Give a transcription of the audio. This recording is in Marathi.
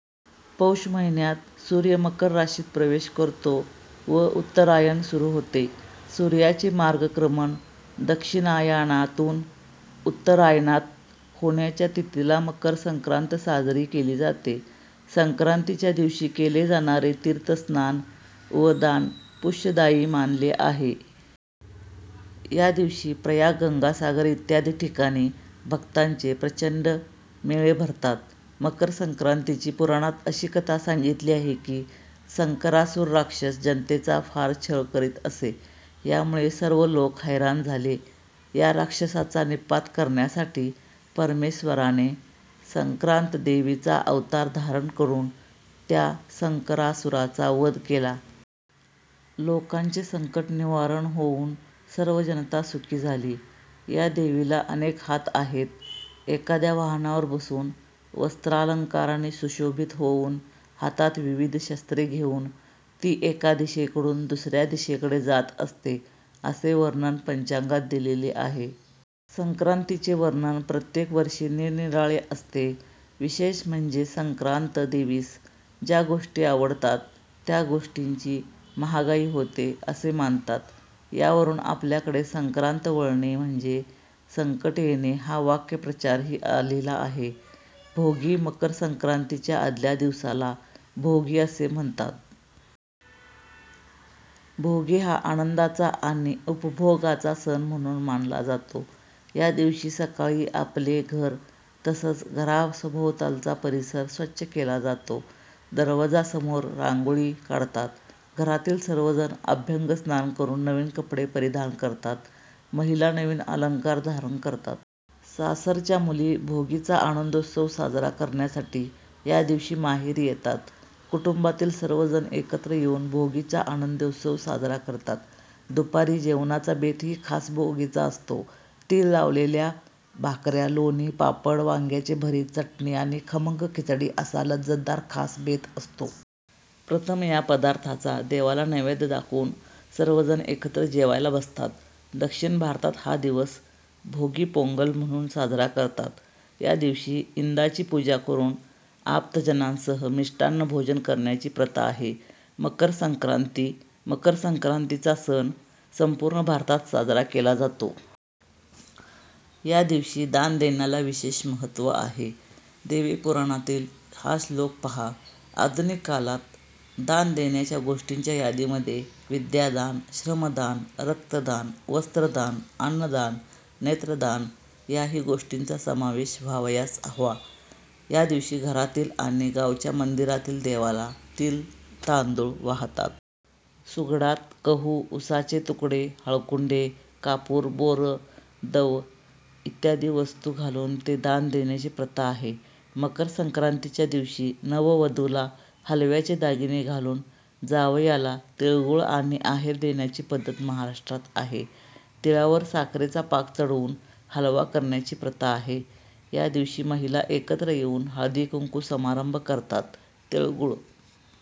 पौष महिन्यात सुर्य मकर राशीत प्रवेश करतो व उत्तरायण सुरू होते. सूर्याचे मार्गक्रमण दक्षिणायानातून उत्तरायणात होण्याच्या तिथीला मकर संक्रांत साजरी केली जाते. संक्रांतीच्या दिवशी केले जाणारे तीर्थ स्नान व दान पुष्यदायी मानले आहे. या दिवशी प्रयाग, गंगासागर इत्यादी ठिकाणी भक्तांचे प्रचंड मेळे भरतात. मकरसंक्रांतीची पुराणात अशी कथा सांगितली आहे की संकरासुर राक्षस जनतेचा फार छळ करीत असे यामुळे सर्व लोक हैराण झाले. या राक्षसाचा नि:पात करण्यासाठी परमेश्वराने संक्रांत देवीचा अवतार धारण करून त्या संकरासुराचा वध केला. लोकांचे संकट निवारण होउन सर्व जनता सुखी झाली. या देवीला अनेक हात आहेत. एखाद्या वाहनावर बसून वस्त्रालंकारानी सुशोभित होऊन, हातात विविध शस्त्रे घेऊन ती एका दिशेकडून दुसरया दिशेकडे जात असते असे वर्णन पंचांगात दिलेले आहे. संक्रांतीचे वर्णन प्रत्येक वर्षी निरनिराळे असते. विशेष म्हणजे संक्रांत देवीस ज्या गोष्टी आवडतात त्या गोष्टींची महागाई होते असे मानतात यावरून आपल्याकडे संक्रांत वळणे म्हणजे संकट येणे हा वाक्प्रचारही आलेला आहे. भोगी: मकर संक्रांतीच्या आदल्या दिवसाला भोगी असे म्हणतात. भोगी हा आनंदाचा आणि उपभोगाचा सण म्हणून मानला जातो. या दिवशी सकाळी आपले घर तसंच घरासभोवतालचा परिसर स्वच्छ केला जातो. दरवाजासमोर रांगोळी काढतात. घरातील सर्व जण अभ्यंगस्नान करून नवीन कपडे परिधान करतात. महिला नवीन अलंकार धारण करतात. सासरच्या मुली भोगीचा आनंदोत्सव साजरा करण्यासाठी या दिवशी माहेरी येतात. कुटुंबातील सर्वजण एकत्र येऊन भोगीचा आनंदोत्सव साजरा करतात. दुपारी जेवणाचा बेतही खास भोगीचा असतो. तीळ लावलेल्या भाकऱ्या, लोणी, पापड, वांग्याचे भरीत, चटणी आणि खमंग खिचडी असा लज्जतदार खास बेत असतो. प्रथम या पदार्थाचा देवाला नैवेद्य दाखवून सर्वजण एकत्र जेवायला बसतात. दक्षिण भारतात हा दिवस भोगी पोंगल म्हणून साजरा करतात. या दिवशी इंदाची पूजा करून आप्तजनांसह मिष्टान्न भोजन करण्याची प्रथा आहे. मकर संक्रांती: मकर संक्रांतीचा सण संपूर्ण भारतात साजरा केला जातो. या दिवशी दान देण्याला विशेष महत्त्व आहे. देवीपुराणातील हा श्लोक पहा. आधुनिक कालात दान देण्याच्या गोष्टींच्या यादीमध्ये विद्यादान, श्रमदान, रक्तदान, वस्त्रदान, अन्नदान, नेत्रदान याही गोष्टींचा समावेश व्हावयास हवा. यादिवशी घरातील आणि गावच्या मंदिरातील देवाला तीळ-तांदुळ वाहतात. सुगडात गहू, उसाचे तुकडे, हळकुंडे, कापूर, बोरं, दव्य इत्यादी वस्तू घालून ते दान देण्याची प्रथा आहे. मकर संक्रांतीच्या दिवशी नववधूला हलव्याचे दागिने घालून जावयाला तिळगूळ आणि आहेर देण्याची पद्धत महाराष्ट्रात आहे. तिळावर साखरेचा पाक चढवून हलवा करण्याची प्रथा आहे. या दिवशी महिला एकत्र येऊन हळदीकुंकू समारंभ करतात, तिळगुळ